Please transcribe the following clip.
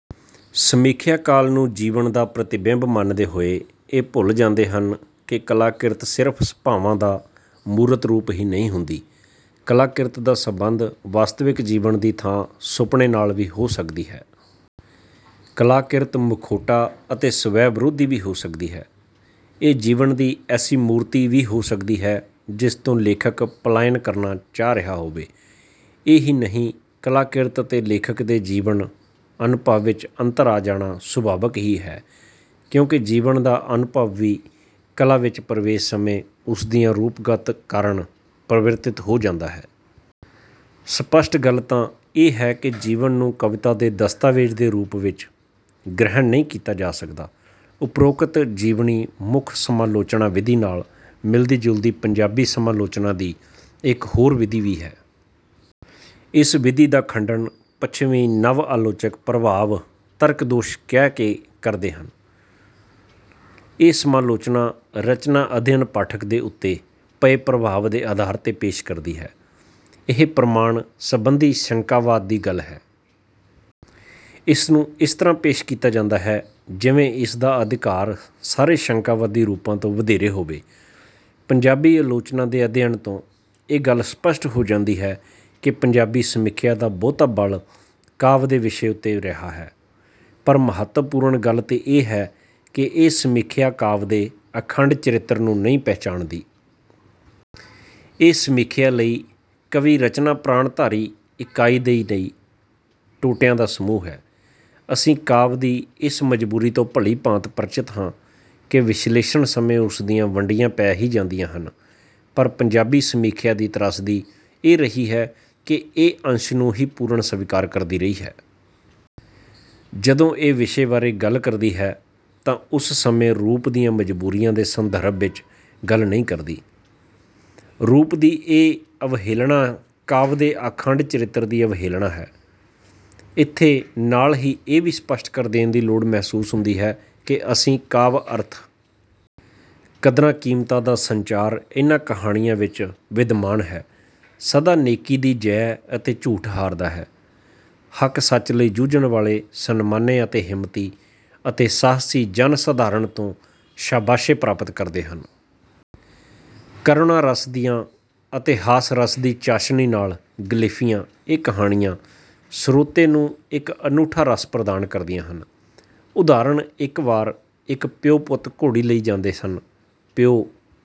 ਸਮੀਖਿਕ ਕਲਾ ਨੂੰ ਜੀਵਨ ਦਾ ਪ੍ਰਤੀਬਿੰਬ ਮੰਨਦੇ ਹੋਏ ਇਹ ਭੁੱਲ ਜਾਂਦੇ ਹਨ ਕਿ ਕਲਾਕਿਰਤ ਸਿਰਫ ਭਾਵਾਂ ਦਾ ਮੂਰਤ ਰੂਪ ਹੀ ਨਹੀਂ ਹੁੰਦੀ। ਕਲਾਕਿਰਤ ਦਾ ਸੰਬੰਧ ਵਾਸਤਵਿਕ ਜੀਵਨ ਦੀ ਥਾਂ ਸੁਪਨੇ ਨਾਲ ਵੀ ਹੋ ਸਕਦੀ ਹੈ। ਕਲਾਕਿਰਤ ਮੁਖੌਟਾ ਅਤੇ ਸਵੈ ਵਿਰੋਧੀ ਵੀ ਹੋ ਸਕਦੀ ਹੈ। ਇਹ ਜੀਵਨ ਦੀ ਐਸੀ ਮੂਰਤੀ ਵੀ ਹੋ ਸਕਦੀ ਹੈ ਜਿਸ ਤੋਂ ਲੇਖਕ ਪਲਾਇਨ ਕਰਨਾ ਚਾਹ ਰਿਹਾ ਹੋਵੇ। ਇਹ ਹੀ ਨਹੀਂ ਕਲਾਕਿਰਤ ਅਤੇ ਲੇਖਕ ਦੇ ਜੀਵਨ ਅਨੁਭਵ ਵਿੱਚ ਅੰਤਰ ਆ ਜਾਣਾ ਸੁਭਾਵਿਕ ਹੀ ਹੈ ਕਿਉਂਕਿ ਜੀਵਨ ਦਾ ਅਨੁਭਵ ਵੀ ਕਲਾ ਵਿੱਚ ਪ੍ਰਵੇਸ਼ ਸਮੇਂ ਉਸ ਦੀਆਂ ਰੂਪਗਤ ਮਜ਼ਬੂਰੀਆਂ ਕਾਰਣ ਪਰਿਵਰਤਿਤ ਹੋ ਜਾਂਦਾ ਹੈ। ਸਪੱਸ਼ਟ ਗੱਲ ਤਾਂ ਇਹ ਹੈ ਕਿ ਜੀਵਨੀ ਨੂੰ ਕਵਿਤਾ ਦੇ ਦਸਤਾਵੇਜ਼ ਦੇ ਰੂਪ ਵਿੱਚ ਗ੍ਰਹਿਣ ਨਹੀਂ ਕੀਤਾ ਜਾ ਸਕਦਾ। ਉਪਰੋਕਤ ਜੀਵਨੀ ਮੁੱਖ ਸਮਾਲੋਚਨਾ ਵਿਧੀ ਨਾਲ ਮਿਲਦੀ ਜੁਲਦੀ ਪੰਜਾਬੀ ਸਮਾਲੋਚਨਾ ਦੀ ਇੱਕ ਹੋਰ ਵਿਧੀ ਵੀ ਹੈ। ਇਸ ਵਿਧੀ ਦਾ ਖੰਡਨ ਪੱਛਮੀ ਨਵ ਆਲੋਚਕ ਪ੍ਰਭਾਵ ਤਰਕਦੋਸ਼ ਕਹਿ ਕੇ ਕਰਦੇ ਹਨ। ਇਹ ਸਮਾਲੋਚਨਾ ਰਚਨਾ ਅਧਿਅਨ ਪਾਠਕ ਉੱਤੇ ਪਏ ਪ੍ਰਭਾਵ ਦੇ ਆਧਾਰ ਤੇ ਪੇਸ਼ ਕਰਦੀ ਹੈ। ਇਹ ਪ੍ਰਮਾਣ ਸੰਬੰਧੀ ਸ਼ੰਕਾਵਾਦ ਦੀ ਗੱਲ ਹੈ। ਇਸ ਨੂੰ ਇਸ ਤਰ੍ਹਾਂ ਪੇਸ਼ ਕੀਤਾ ਜਾਂਦਾ ਹੈ ਜਿਵੇਂ ਇਸ ਦਾ ਅਧਿਕਾਰ ਸਾਰੇ ਸ਼ੰਕਾਵਾਦੀ ਰੂਪਾਂ ਤੋਂ ਵਧੇਰੇ ਹੋਵੇ। ਪੰਜਾਬੀ ਆਲੋਚਨਾ ਦੇ ਅਧਿਅਨ ਤੋਂ ਇਹ ਗੱਲ ਸਪੱਸ਼ਟ ਹੋ ਜਾਂਦੀ ਹੈ ਕਿ ਪੰਜਾਬੀ ਸਮੀਖਿਆ ਦਾ ਬਹੁਤਾ ਬਲ ਕਾਵਿ ਦੇ ਵਿਸ਼ੇ ਉੱਤੇ ਰਿਹਾ ਹੈ ਪਰ ਮਹੱਤਵਪੂਰਨ ਗੱਲ ਤੇ ਇਹ ਹੈ ਕਿ ਇਹ ਸਮੀਖਿਆ ਕਾਵਿ ਦੇ ਅਖੰਡ ਚਰਿਤਰ ਨੂੰ ਨਹੀਂ ਪਹਿਚਾਣਦੀ। ਇਸ ਸਮੀਖਿਆ ਲਈ ਕਵੀ ਰਚਨਾ ਪ੍ਰਾਣਾਧਾਰੀ ਇੱਕਾਈ ਨਹੀਂ ਟੋਟਿਆਂ ਦਾ ਸਮੂਹ ਹੈ। ਅਸੀਂ ਕਾਵਿ ਦੀ ਇਸ ਮਜ਼ਬੂਰੀ ਤੋਂ ਭਲੀ ਭਾਂਤ ਪਰਿਚਤ ਹਾਂ ਕਿ ਵਿਸ਼ਲੇਸ਼ਨ ਸਮੇਂ ਉਸ ਦੀਆਂ ਵੰਡੀਆਂ ਪੈ ਹੀ ਜਾਂਦੀਆਂ ਹਨ ਪਰ ਪੰਜਾਬੀ ਸਮੀਖਿਆ ਦੀ ਤ੍ਰਾਸਦੀ ਇਹ ਰਹੀ ਹੈ ਕਿ ਇਹ ਅੰਸ਼ ਨੂੰ ਹੀ ਪੂਰਨ ਸਵੀਕਾਰ ਕਰਦੀ ਰਹੀ ਹੈ। ਜਦੋਂ ਇਹ ਵਿਸ਼ੇ ਬਾਰੇ ਗੱਲ ਕਰਦੀ ਹੈ ਤਾਂ ਉਸ ਸਮੇਂ ਰੂਪ ਦੀਆਂ ਮਜ਼ਬੂਰੀਆਂ ਦੇ ਸੰਦਰਭ ਵਿੱਚ ਗੱਲ ਨਹੀਂ ਕਰਦੀ। ਰੂਪ ਦੀ ਇਹ ਅਵਹੇਲਨਾ ਕਾਵਿ ਦੇ ਅਖੰਡ ਚਰਿਤਰ ਦੀ ਅਵਹੇਲਨਾ ਹੈ। ਇੱਥੇ ਨਾਲ ਹੀ ਇਹ ਵੀ ਸਪੱਸ਼ਟ ਕਰ ਦੇਣ ਦੀ ਲੋੜ ਮਹਿਸੂਸ ਹੁੰਦੀ ਹੈ ਕਿ ਅਸੀਂ ਕਾਵਿ ਅਰਥ। ਕਦਰਾਂ ਕੀਮਤਾਂ ਦਾ ਸੰਚਾਰ ਇਨ੍ਹਾਂ ਕਹਾਣੀਆਂ ਵਿੱਚ ਵਿਦਮਾਨ ਹੈ। ਸਦਾ ਨੇਕੀ ਦੀ ਜੈ ਤੇ ਝੂਠ ਹਾਰਦਾ ਹੈ। ਹੱਕ ਸੱਚ ਲਈ ਜੂਝਣ ਵਾਲੇ ਸਨਮਾਨੇ ਅਤੇ ਹਿੰਮਤੀ ਅਤੇ ਸਾਹਸੀ ਜਨਸਧਾਰਨ ਤੋਂ ਸ਼ਾਬਾਸ਼ੇ ਪ੍ਰਾਪਤ ਕਰਦੇ ਹਨ। ਕਰੁਣਾ ਰਸ ਅਤੇ ਹਾਸ ਰਸ ਦੀ ਚਾਸ਼ਨੀ ਨਾਲ ਗਲੇਫੀਆਂ ਇਹ ਕਹਾਣੀਆਂ ਸਰੋਤੇ ਨੂੰ ਇੱਕ ਅਨੂਠਾ ਰਸ ਪ੍ਰਦਾਨ ਕਰਦੀਆਂ ਹਨ। ਉਦਾਹਰਣ ਇੱਕ ਵਾਰ ਇੱਕ ਪਿਉ ਪੁੱਤ ਘੋੜੀ ਲਈ ਜਾਂਦੇ ਹਨ। ਪਿਓ